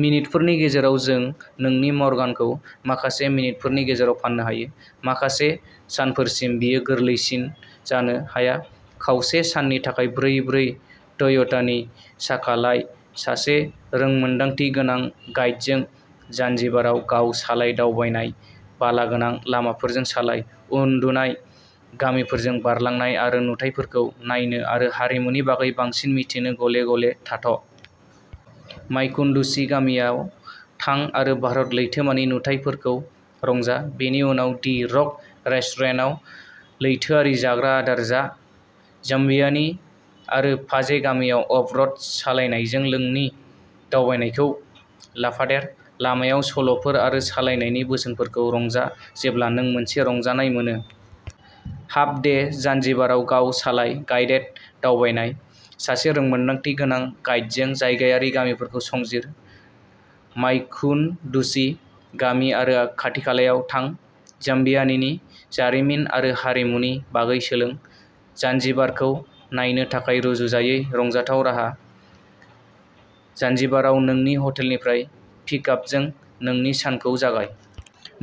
मिनितफोरनि गेजेराव जों नोंनि मर्गानखौ माखासे मिनितफोरनि गेजेराव फाननो हायो। माखासे सानफोरसिम बेयो गोरलैसिन जानो हाया। खावसे साननि थाखाय ब्रै ब्रै टयोटानि साखा लाय। सासे रोंमोन्दांथि गोनां गाइडजों जानजिबाराव गाव-सालाय दावबायनाय। बालागोनां लामाफोरजों सालाय, उन्दुनाय गामिफोरजों बारलांनानै आरो नुथायफोरखौ नायनो आरो हारिमुनि बागै बांसिन मिथिनो गले-गले थाथ'। माकुन्डुचि गामियाव थां आरो भारत लैथोमानि नुथायफोरखौ रंजा, बेनि उनाव दि रक रेस्टुरेन्टआव लैथोआरि जाग्रा आदार जा। जाम्बियानि आरो पाजे गामियाव अफ-र'ड सालायनायजों नोंनि दावबायनायखौ लाफादेर। लामायाव सल'फोर आरो सालायनायनि बोसोनफोरखौ रंजा जेब्ला नों मोनसे रंजानाय मोनो। हाफ डे, जानजिबाराव गाव-सालाय गाइडेड दावबायनाय। सासे रोंमोन्दांथि गोनां गाइडजों जायगायारि गामिफोरखौ संजिर। माकुन्डुचि गामि आरो खाथिखालायाव थां। जाम्बियानिनि जारिमिन आरो हारिमुनि बागै सोलों। जानजिबारखौ नायनो थाखाय रुजुजायै, रंजाथाव राहा। जानजिबाराव नोंनि हटेलनिफ्राय पिकआपजों नोंनि सानखौ जागाय।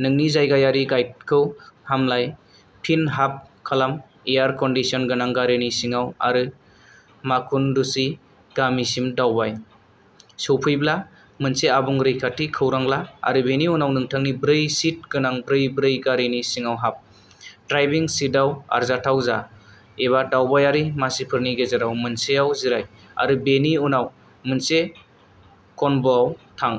नोंनि जायगायारि गाइडखौ हामलाय, फिन हाप खालाम। एयार-कन्डिसन गोनां गारिनि सिङाव आरो माकुन्डुचि गामिसिम दावबाय। सौफैब्ला, मोनसे आबुं रैखाथि खौरां ला, आरो बेनि उनाव नोंथांनि ब्रै-सिट गोनां ब्रै ब्रै गारिनि सिङाव हाब। ड्राइभिं सिटआव आरजाथाव जा, एबा दावबायारि मासिफोरनि गेजेराव मोनसेआव जिराय, आरो बेनि उनाव मोनसे कनभ'याव थां।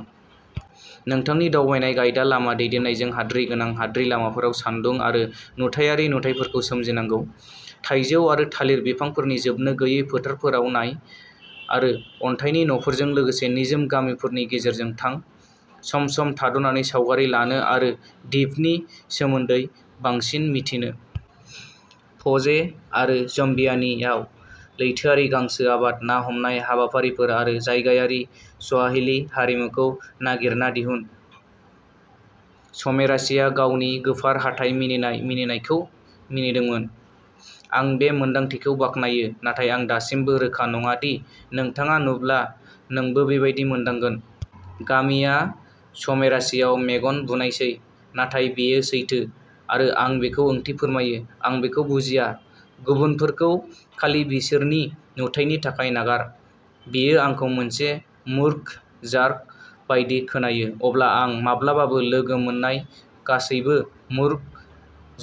नोंथांनि दावबायनाय गाइदा लामा दैदेननायजों, हाद्रि गोनां हाद्रि लामाफोराव सानदुं आरो नुथायारि नुथायफोरखौ सोमजिनांगौ। थाइजौ आरो थालिर बिफांफोरनि जोबनो गैयै फोथारफोराव नाय, आरो अन्थाइनि न'फोरजों लोगोसे निजोम गामिफोरनि गेजेरजों थां, सम-सम थाद'नानै सावगारि लानो आरो दिपनि सोमोन्दै बांसिन मिथिनो। पजे आरो जाम्बियानिआव लैथोआरि गांसो आबाद, ना हमनाय हाबाफारिफोर आरो जायगायारि स्वाहिलि हारिमुखौ नागिरना दिहुन। समेराशिआ गावनि गोफार हाथाइ मिनिनाय मिनिनायखौ मिनिदोंमोन। आं बे मोनदांथिखौ बाख्नायो, नाथाय आं दासिमबो रोखा नङा दि नोंथाङा नुब्ला नोंबो बेबादि मोनदांगोन। गामिआ समेराशियाव मेगन बुनायसै। नाथाय बेयो सैथो, आरो आं बेखौ ओंथि फोरमायो। आं बेखौ बुजिया। गुबुनफोरखौ खालि बिसोरनि नुथायनि थाखाय नागार। बेयो आंखौ मोनसे मूर्ख जार्क बायदि खोनायो। अब्ला आं माब्लाबाबो लोगो मोननाय गासैबो मूर्ख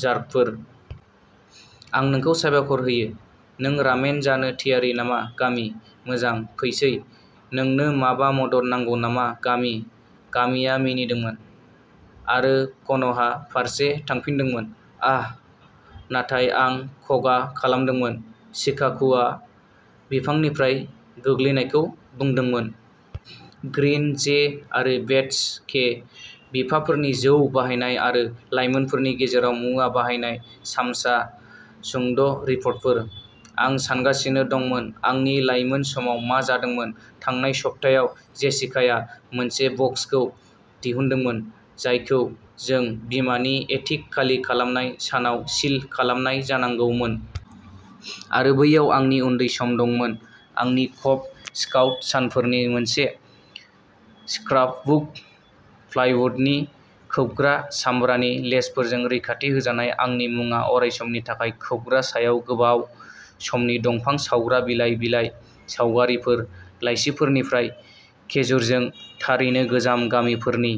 जार्कफोर। आं नोंखौ साबायखर होयो। नों रामेन जानो थियारि नामा गामी? मोजां, फैसै। नोंनो माबा मदद नांगौ नामा, गामी? गामीआ मिनिदोंमोन आरो क'न'हा फारसे थांफिनदोंमोन। आह नाथाय आं क'गा खालामदोंमोन शिकाकुआ बिफांनिफ्राय गोग्लैनायखौ बुंदोंमोन। ग्रीन, जे आरो बेटस के। बिफाफोरनि जौ बाहायनाय आरो लायमोनफोरनि गेजेराव मुवा बाहायनाय सामसा सुंद' रिपर्टफोर। आं सानगासिनो दंमोन आंनि लायमोन समाव मा जादोंमोन। थांनाय सप्तायाव जेसिकाआ मोनसे बक्सखौ दिहुनदोंमोन जायखौ जों बिमानि एटिक खालि खालामनाय सानाव सिल खालामनाय जानांगौमोन। आरो बैयाव आंनि उन्दै सम दंमोन। आंनि कब स्काउट सानफोरनि मोनसे स्क्रापबुक-प्लायवुडनि खोबग्रा सामब्रानि लेसफोरजों रैखाथि होजानाय, आंनि मुङा अरायसमनि थाखाय खोबग्रा सायाव गोबाव समनि दंफां सावग्रा बिलाइ बिलाइ सावगारिफोर, लाइसिफोरनिफ्राय खेजुरजों, थारैनो गोजाम गामिफोरनि